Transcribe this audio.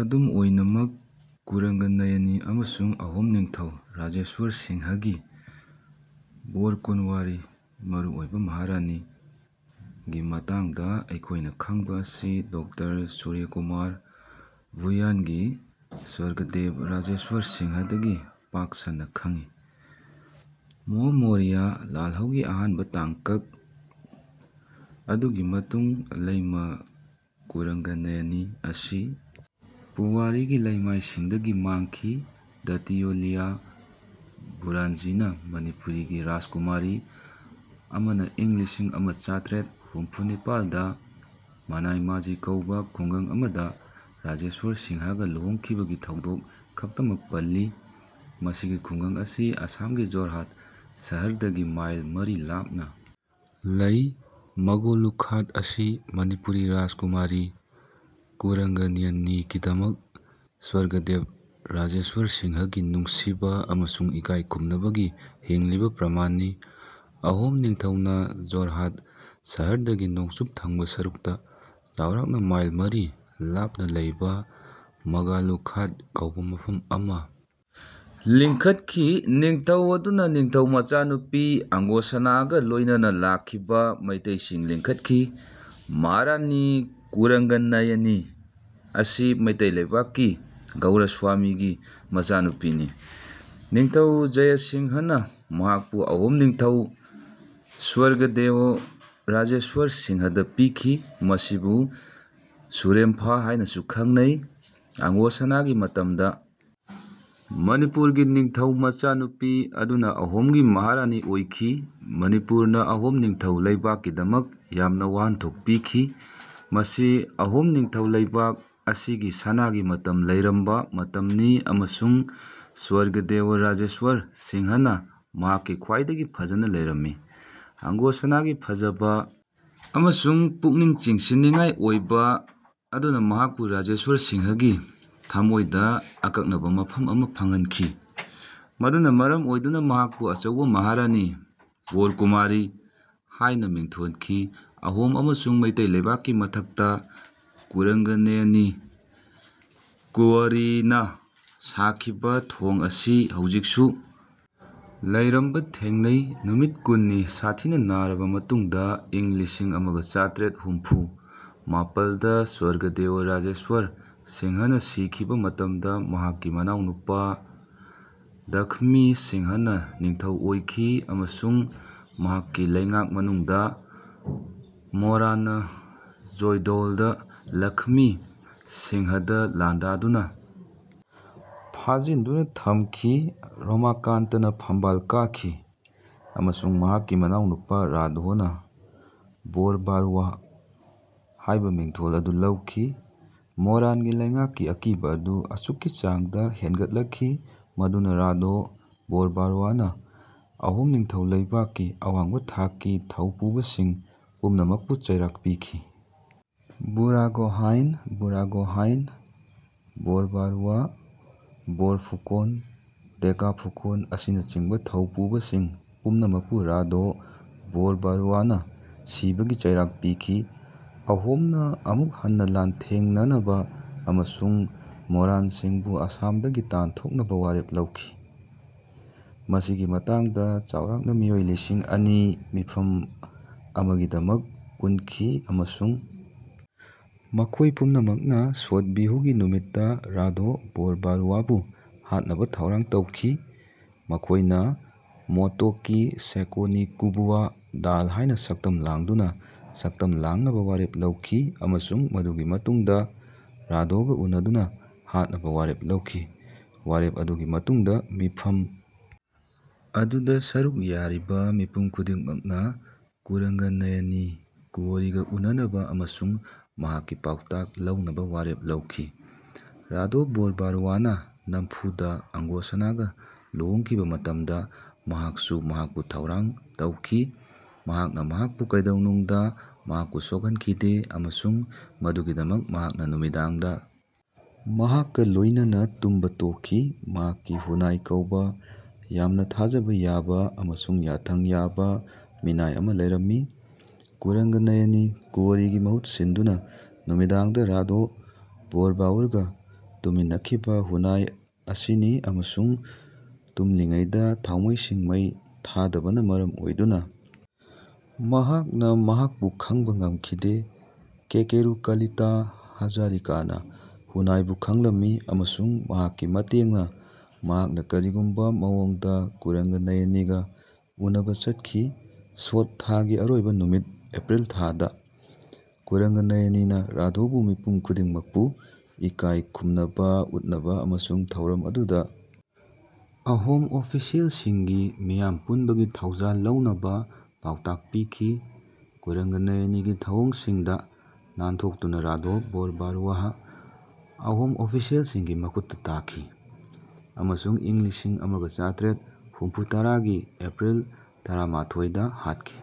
ꯑꯗꯨꯝ ꯑꯣꯏꯅꯃꯛ ꯀꯨꯔꯪꯒꯅꯌꯅꯤ ꯑꯃꯁꯨꯡ ꯑꯍꯣꯝ ꯅꯤꯡꯊꯧ ꯔꯥꯖꯦꯁ꯭ꯋꯔ ꯁꯤꯡꯍꯒꯤ ꯕꯣꯔꯀꯨꯟꯋꯥꯔꯤ (ꯃꯔꯨꯑꯣꯏꯕ ꯃꯍꯥꯔꯥꯅꯤ)ꯒꯤ ꯃꯇꯥꯡꯗ ꯑꯩꯈꯣꯏꯅ ꯈꯪꯕ ꯑꯁꯤ ꯗꯣꯛꯇꯔ ꯁꯨꯔ꯭ꯌꯀꯨꯃꯥꯔ ꯚꯨꯌꯥꯟꯒꯤ ꯁ꯭ꯋꯔꯒꯗꯦꯕ ꯔꯥꯖꯦꯁ꯭ꯋꯔ ꯁꯤꯡꯍꯗꯒꯤ ꯄꯥꯛ ꯁꯟꯅ ꯈꯡꯉꯤ꯫ ꯃꯣꯑꯃꯣꯔꯤꯌꯥ ꯂꯥꯜꯍꯧꯒꯤ ꯑꯍꯥꯟꯕ ꯇꯥꯡꯀꯛ ꯑꯗꯨꯒꯤ ꯃꯇꯨꯡ ꯂꯩꯃꯥ ꯀꯨꯔꯪꯒꯅꯌꯅꯤ ꯑꯁꯤ ꯄꯨꯋꯥꯔꯤꯒꯤ ꯂꯩꯃꯥꯏꯁꯤꯡꯗꯒꯤ ꯃꯥꯡꯈꯤ꯫ ꯗꯇꯤꯌꯣꯂꯤꯌꯥ ꯕꯨꯔꯥꯟꯖꯤꯅ ꯃꯅꯤꯄꯨꯔꯤꯒꯤ ꯔꯥꯖꯀꯨꯃꯥꯔꯤ ꯑꯃꯅ ꯏꯪ ꯂꯤꯁꯤꯡ ꯑꯃ ꯆꯥꯇ꯭ꯔꯦꯠ ꯍꯨꯝꯐꯨ ꯅꯤꯄꯥꯜꯗ ꯃꯅꯥꯏꯃꯥꯖꯤ ꯀꯧꯕ ꯈꯨꯡꯒꯪ ꯑꯃꯗ ꯔꯥꯖꯦꯁ꯭ꯋꯔ ꯁꯤꯡꯍꯒ ꯂꯨꯍꯣꯡꯈꯤꯕꯒꯤ ꯊꯧꯗꯣꯛ ꯈꯛꯇꯃꯛ ꯄꯜꯂꯤ꯫ ꯃꯁꯤꯒꯤ ꯈꯨꯡꯒꯪ ꯑꯁꯤ ꯑꯁꯥꯝꯒꯤ ꯖꯣꯔꯍꯥꯠ ꯁꯍꯔꯗꯒꯤ ꯃꯥꯏꯜ ꯃꯔꯤ ꯂꯥꯞꯅ ꯂꯩ꯫ ꯃꯒꯣꯂꯨ ꯈꯥꯠ ꯑꯁꯤ ꯃꯅꯤꯄꯨꯔꯤ ꯔꯥꯖꯀꯨꯃꯥꯔꯤ ꯀꯨꯔꯪꯒꯅꯌꯅꯤꯒꯤꯗꯃꯛ ꯁ꯭ꯋꯔꯒꯗꯦꯕ ꯔꯥꯖꯦꯁ꯭ꯋꯔ ꯁꯤꯡꯍꯒꯤ ꯅꯨꯡꯁꯤꯕ ꯑꯃꯁꯨꯡ ꯏꯀꯥꯏ ꯈꯨꯝꯅꯕꯒꯤ ꯍꯤꯡꯂꯤꯕ ꯄ꯭ꯔꯃꯥꯟꯅꯤ꯫ ꯑꯍꯣꯝ ꯅꯤꯡꯊꯧꯅ ꯖꯣꯔꯍꯥꯠ ꯁꯍꯔꯗꯒꯤ ꯅꯣꯡꯆꯨꯞ ꯊꯪꯕ ꯁꯔꯨꯛꯇ ꯆꯥꯎꯔꯥꯛꯅ ꯃꯥꯏꯜ ꯃꯔꯤ ꯂꯥꯞꯅ ꯂꯩꯕ ꯃꯒꯥꯂꯨ ꯈꯥꯠ ꯀꯧꯕ ꯃꯐꯝ ꯑꯃ ꯂꯤꯡꯈꯠꯈꯤ꯫ ꯅꯤꯡꯊꯧ ꯑꯗꯨꯅ ꯅꯤꯡꯊꯧ ꯃꯆꯥꯅꯨꯄꯤ ꯑꯪꯒꯣꯁꯅꯥꯒ ꯂꯣꯏꯅꯅ ꯂꯥꯛꯈꯤꯕ ꯃꯩꯇꯩꯁꯤꯡ ꯂꯤꯡꯈꯠꯈꯤ꯫ ꯃꯍꯥꯔꯥꯅꯤ ꯀꯨꯔꯪꯒꯅꯌꯅꯤ ꯑꯁꯤ ꯃꯩꯇꯩ ꯂꯩꯕꯥꯛꯀꯤ ꯒꯧꯔꯁ꯭ꯌꯥꯝꯒꯤ ꯃꯆꯥꯅꯨꯄꯤꯅꯤ꯫ ꯅꯤꯡꯊꯧ ꯖꯌ ꯁꯤꯡꯍꯅ ꯃꯍꯥꯛꯄꯨ ꯑꯍꯣꯝ ꯅꯤꯡꯊꯧ ꯁ꯭ꯋꯔꯒꯗꯦꯑꯣ ꯔꯥꯖꯦꯁ꯭ꯋꯔ ꯁꯤꯡꯍꯗ ꯄꯤꯈꯤ, ꯃꯁꯤꯕꯨ ꯁꯨꯔꯦꯝꯐꯥ ꯍꯥꯏꯅꯁꯨ ꯈꯪꯅꯩ꯫ ꯑꯪꯒꯣꯁꯅꯥꯒꯤ ꯃꯇꯝꯗ ꯃꯅꯤꯄꯨꯔꯒꯤ ꯅꯤꯡꯊꯧ ꯃꯆꯥꯅꯨꯄꯤ ꯑꯗꯨꯅ ꯑꯍꯣꯝꯒꯤ ꯃꯍꯥꯔꯥꯅꯤ ꯑꯣꯏꯈꯤ꯫ ꯃꯅꯤꯄꯨꯔꯅ ꯑꯍꯣꯝ ꯅꯤꯡꯊꯧ ꯂꯩꯕꯥꯛꯀꯤꯗꯃꯛ ꯌꯥꯝꯅ ꯋꯥꯍꯟꯊꯣꯛ ꯄꯤꯈꯤ꯫ ꯃꯁꯤ ꯑꯍꯣꯝ ꯅꯤꯡꯊꯧ ꯂꯩꯕꯥꯛ ꯑꯁꯤꯒꯤ ꯁꯅꯥꯒꯤ ꯃꯇꯝ ꯂꯩꯔꯝꯕ ꯃꯇꯝꯅꯤ ꯑꯃꯁꯨꯡ ꯁ꯭ꯋꯔꯒꯗꯦꯑꯣ ꯔꯥꯖꯦꯁ꯭ꯋꯔ ꯁꯤꯡꯍꯅ ꯃꯍꯥꯛꯀꯤ ꯈ꯭ꯋꯥꯏꯗꯒꯤ ꯐꯖꯅ ꯂꯩꯔꯝꯃꯤ꯫ ꯑꯪꯒꯣꯁꯅꯥꯒꯤ ꯐꯖꯕ ꯑꯃꯁꯨꯡ ꯄꯨꯛꯅꯤꯡ ꯆꯤꯡꯁꯤꯟꯅꯤꯡꯉꯥꯏ ꯑꯣꯏꯕ ꯑꯗꯨꯅ ꯃꯍꯥꯛꯄꯨ ꯔꯥꯖꯦꯁ꯭ꯋꯔ ꯁꯤꯡꯍꯒꯤ ꯊꯃꯣꯏꯗ ꯑꯀꯛꯅꯕ ꯃꯐꯝ ꯑꯃ ꯐꯪꯍꯟꯈꯤ ꯃꯗꯨꯅ ꯃꯔꯝ ꯑꯣꯏꯗꯨꯅ ꯃꯍꯥꯛꯄꯨ ꯑꯆꯧꯕ ꯃꯍꯥꯔꯥꯅꯤ (ꯕꯣꯔꯀꯨꯋꯥꯔꯤ) ꯍꯥꯏꯅ ꯃꯤꯡꯊꯣꯟꯈꯤ꯫ ꯑꯍꯣꯝ ꯑꯃꯁꯨꯡ ꯃꯩꯇꯩ ꯂꯩꯕꯥꯛꯀꯤ ꯃꯔꯛꯇ ꯀꯨꯔꯪꯒꯅꯌꯅꯤ ꯀꯨꯋꯣꯔꯤꯅ ꯁꯥꯈꯤꯕ ꯊꯣꯡ ꯑꯁꯤ ꯍꯧꯖꯤꯛꯁꯨ ꯂꯩꯔꯝꯕ ꯊꯦꯡꯅꯩ꯫ ꯅꯨꯃꯤꯠ ꯀꯨꯟꯅꯤ ꯁꯥꯊꯤꯅ ꯅꯥꯔꯕ ꯃꯇꯨꯡꯗ ꯏꯪ ꯂꯤꯁꯤꯡ ꯑꯃꯒ ꯆꯥꯇ꯭ꯔꯦꯠ ꯍꯨꯝꯐꯨ ꯃꯄꯜꯗ ꯁ꯭ꯋꯔꯒꯗꯦꯑꯣ ꯔꯥꯖꯦꯁ꯭ꯋꯔ ꯁꯤꯡꯍꯅ ꯁꯤꯈꯤꯕ ꯃꯇꯝꯗ ꯃꯍꯥꯛꯀꯤ ꯃꯅꯥꯎꯅꯨꯄꯥ ꯂꯈꯃꯤ ꯁꯤꯡꯍꯅ ꯅꯤꯡꯊꯧ ꯑꯣꯏꯈꯤ ꯑꯃꯁꯨꯡ ꯃꯍꯥꯛꯀꯤ ꯂꯩꯉꯥꯛ ꯃꯅꯨꯡꯗ ꯃꯣꯔꯥꯟꯅ ꯖꯣꯏꯗꯣꯜꯗ ꯂꯈꯃꯤ ꯁꯤꯡꯍꯗ ꯂꯥꯟꯗꯥꯗꯨꯅ ꯐꯥꯖꯤꯟꯗꯨꯅ ꯊꯝꯈꯤ꯫ ꯔꯣꯃꯥꯀꯥꯟꯇꯅ ꯐꯝꯕꯥꯜ ꯀꯥꯈꯤ ꯑꯃꯁꯨꯡ ꯃꯍꯥꯛꯀꯤ ꯃꯅꯥꯎꯅꯨꯄꯥ ꯔꯥꯘꯣꯅ 'ꯕꯣꯔꯕꯥꯔꯨꯋꯥꯍ' ꯍꯥꯏꯕ ꯃꯤꯡꯊꯣꯜ ꯑꯗꯨ ꯂꯧꯈꯤ꯫ ꯃꯣꯔꯥꯟꯒꯤ ꯂꯩꯉꯥꯛꯀꯤ ꯑꯀꯤꯕ ꯑꯗꯨ ꯑꯁꯨꯛꯀꯤ ꯆꯥꯡꯗ ꯍꯦꯟꯒꯠꯂꯛꯈꯤ ꯃꯗꯨꯅ ꯔꯥꯘꯣ ꯕꯣꯔꯕꯥꯔꯨꯋꯥꯅ ꯑꯍꯣꯝ ꯅꯤꯡꯊꯧ ꯂꯩꯕꯥꯛꯀꯤ ꯑꯋꯥꯡꯕ ꯊꯥꯛꯀꯤ ꯊꯧꯄꯨꯕꯁꯤꯡ ꯄꯨꯝꯅꯃꯛꯄꯨ ꯆꯩꯔꯥꯛ ꯄꯤꯈꯤ꯫ ꯕꯨꯔꯥꯒꯣꯍꯥꯏꯟ, ꯕꯣꯔꯒꯣꯍꯥꯏꯟ, ꯕꯣꯔꯕꯥꯔꯨꯋꯥ, ꯕꯣꯔꯐꯨꯀꯣꯟ, ꯗꯦꯀꯥꯐꯨꯀꯣꯟ ꯑꯁꯤꯅꯆꯤꯡꯕ ꯊꯧꯄꯨꯕꯁꯤꯡ ꯄꯨꯝꯅꯃꯛꯄꯨ ꯔꯥꯘꯣ ꯕꯣꯔꯕꯔꯨꯋꯥꯅ ꯁꯤꯕꯒꯤ ꯆꯩꯔꯥꯛ ꯄꯤꯈꯤ꯫ ꯑꯍꯣꯝꯅ ꯑꯃꯨꯛ ꯍꯟꯅ ꯂꯥꯟꯊꯦꯡꯅꯅꯕ ꯑꯃꯁꯨꯡ ꯃꯣꯔꯥꯟꯁꯤꯡꯕꯨ ꯑꯁꯥꯝꯗꯒꯤ ꯇꯥꯟꯊꯣꯛꯅꯕ ꯋꯥꯔꯦꯞ ꯂꯧꯈꯤ꯫ ꯃꯁꯤꯒꯤ ꯃꯇꯥꯡꯗ ꯆꯥꯎꯔꯥꯛꯅ ꯃꯤꯑꯣꯏ ꯂꯤꯁꯤꯡ ꯑꯅꯤ ꯃꯤꯐꯝ ꯑꯃꯒꯤꯗꯃꯛ ꯄꯨꯟꯈꯤ ꯑꯃꯁꯨꯡ ꯃꯈꯣꯏ ꯄꯨꯝꯅꯃꯛꯅ ꯁꯣꯠ ꯕꯤꯍꯨꯒꯤ ꯅꯨꯃꯤꯠꯇ ꯔꯥꯘꯣ ꯕꯣꯔꯕꯥꯔꯨꯋꯥꯕꯨ ꯍꯥꯠꯅꯕ ꯊꯧꯔꯥꯡ ꯇꯧꯈꯤ꯫ ꯃꯈꯣꯏꯅ ꯃꯣꯇꯣꯛꯀꯤ ꯁꯦꯀꯣꯅꯤ-ꯀꯨꯕꯨꯋꯥ ꯗꯥꯜ ꯍꯥꯏꯅ ꯁꯛꯇꯝ ꯂꯥꯡꯗꯨꯅ ꯁꯛꯇꯝ ꯂꯥꯡꯅꯕ ꯋꯥꯔꯦꯞ ꯂꯧꯈꯤ ꯑꯃꯁꯨꯡ ꯃꯗꯨꯒꯤ ꯃꯇꯨꯡꯗ ꯔꯥꯘꯣꯒ ꯎꯅꯗꯨꯅ ꯍꯥꯠꯅꯕ ꯋꯥꯔꯦꯞ ꯂꯧꯈꯤ꯫ ꯋꯥꯔꯦꯞ ꯑꯗꯨꯒꯤ ꯃꯇꯨꯡꯗ ꯃꯤꯐꯝ ꯑꯗꯨꯗ ꯁꯔꯨꯛ ꯌꯥꯔꯤꯕ ꯃꯤꯄꯨꯝ ꯈꯨꯗꯤꯡꯃꯛꯅ ꯀꯨꯔꯪꯒꯅꯌꯅꯤ ꯀꯨꯋꯣꯔꯤꯒ ꯎꯅꯅꯕ ꯑꯃꯁꯨꯡ ꯃꯍꯥꯛꯀꯤ ꯄꯥꯎꯇꯥꯛ ꯂꯧꯅꯕ ꯋꯥꯔꯦꯞ ꯂꯧꯈꯤ꯫ ꯔꯥꯘꯣ ꯕꯣꯔꯕꯥꯔꯨꯋꯥꯅ ꯅꯝꯐꯨꯗ ꯑꯡꯒꯣꯁꯥꯅꯥꯒ ꯂꯨꯍꯣꯡꯈꯤꯕ ꯃꯇꯝꯗ ꯃꯍꯥꯛꯁꯨ ꯃꯍꯥꯛꯄꯨ ꯊꯧꯔꯥꯡ ꯇꯧꯈꯤ꯫ ꯃꯍꯥꯛꯅ ꯃꯍꯥꯛꯄꯨ ꯀꯩꯗꯧꯅꯨꯡꯗ ꯃꯍꯥꯛꯄꯨ ꯁꯣꯛꯍꯟꯈꯤꯗꯦ ꯑꯃꯁꯨꯡ ꯃꯗꯨꯒꯤꯗꯃꯛ ꯃꯍꯥꯛꯅ ꯅꯨꯃꯤꯗꯥꯡꯗ ꯃꯍꯥꯛꯀ ꯂꯣꯏꯅꯅ ꯇꯨꯝꯕ ꯇꯣꯛꯈꯤ꯫ ꯃꯍꯥꯛꯀꯤ ꯍꯨꯅꯥꯏ ꯀꯧꯕ ꯌꯥꯝꯅ ꯊꯥꯖꯕ ꯌꯥꯕ ꯑꯃꯁꯨꯡ ꯌꯥꯊꯪ ꯌꯥꯕ ꯃꯤꯅꯥꯏ ꯑꯃ ꯂꯩꯔꯝꯃꯤ꯫ ꯀꯨꯔꯪꯒꯅꯌꯅꯤ ꯀꯨꯋꯣꯔꯤꯒꯤ ꯃꯍꯨꯠ ꯁꯤꯟꯗꯨꯅ ꯅꯨꯃꯤꯗꯥꯡꯗ ꯔꯥꯘꯣ ꯕꯣꯔꯕꯥꯎꯔꯒ ꯇꯨꯝꯃꯤꯟꯅꯈꯤꯕ ꯍꯨꯅꯥꯏ ꯑꯁꯤꯅꯤ ꯑꯃꯁꯨꯡ ꯇꯨꯝꯂꯤꯉꯩꯗ ꯊꯥꯎꯃꯩꯁꯤꯡ ꯃꯩ ꯊꯥꯗꯕꯅ ꯃꯔꯝ ꯑꯣꯏꯗꯨꯅ ꯃꯍꯥꯛꯅ ꯃꯍꯥꯛꯄꯨ ꯈꯪꯕ ꯉꯝꯈꯤꯗꯦ꯫ ꯀꯦꯀꯦꯔꯨ ꯀꯂꯤꯇꯥ ꯍꯖꯥꯔꯤꯀꯥꯅ ꯍꯨꯅꯥꯏꯕꯨ ꯈꯪꯂꯝꯃꯤ ꯑꯃꯁꯨꯡ ꯃꯍꯥꯛꯀꯤ ꯃꯇꯦꯡꯅ ꯃꯍꯥꯛꯅ ꯀꯔꯤꯒꯨꯝꯕ ꯃꯑꯣꯡꯗ ꯀꯨꯔꯪꯒꯅꯌꯅꯤꯒ ꯎꯟꯅꯕ ꯆꯠꯈꯤ꯫ ꯁꯣꯠ ꯊꯥꯒꯤ ꯑꯔꯣꯏꯕ ꯅꯨꯃꯤꯠ (ꯑꯦꯄ꯭ꯔꯤꯜ-ꯊꯥ)ꯗ ꯀꯨꯔꯪꯒꯅꯌꯅꯤꯅ ꯔꯥꯘꯣꯕꯨ ꯃꯤꯄꯨꯝ ꯈꯨꯗꯤꯡꯃꯛꯄꯨ ꯏꯀꯥꯏ ꯈꯨꯝꯅꯕ ꯎꯠꯅꯕ ꯑꯃꯁꯨꯡ ꯊꯧꯔꯝ ꯑꯗꯨꯗ ꯑꯍꯣꯝ ꯑꯣꯐꯤꯁꯤꯑꯦꯜꯁꯤꯡꯒꯤ ꯃꯤꯌꯥꯝ ꯄꯨꯟꯕꯒꯤ ꯊꯧꯖꯥꯜ ꯂꯧꯅꯕ ꯄꯥꯎꯇꯥꯛ ꯄꯤꯈꯤ꯫ ꯀꯨꯔꯪꯒꯅꯌꯅꯤꯒꯤ ꯊꯧꯑꯣꯡꯁꯤꯡꯗ ꯅꯥꯟꯊꯣꯛꯇꯨꯅ ꯔꯥꯘꯣ ꯕꯣꯔꯕꯥꯔꯨꯋꯥꯍ ꯑꯍꯣꯝ ꯑꯣꯐꯤꯁꯤꯑꯦꯜꯁꯤꯡꯒꯤ ꯃꯈꯨꯠꯇ ꯇꯥꯈꯤ ꯑꯃꯁꯨꯡ ꯏꯪ ꯂꯤꯁꯤꯡ ꯑꯃꯒ ꯆꯥꯇ꯭ꯔꯦꯠ ꯍꯨꯝꯐꯨꯇꯔꯥꯒꯤ ꯑꯦꯄ꯭ꯔꯤꯜ ꯇꯔꯥꯃꯥꯊꯣꯏꯗ ꯍꯥꯠꯈꯤ꯫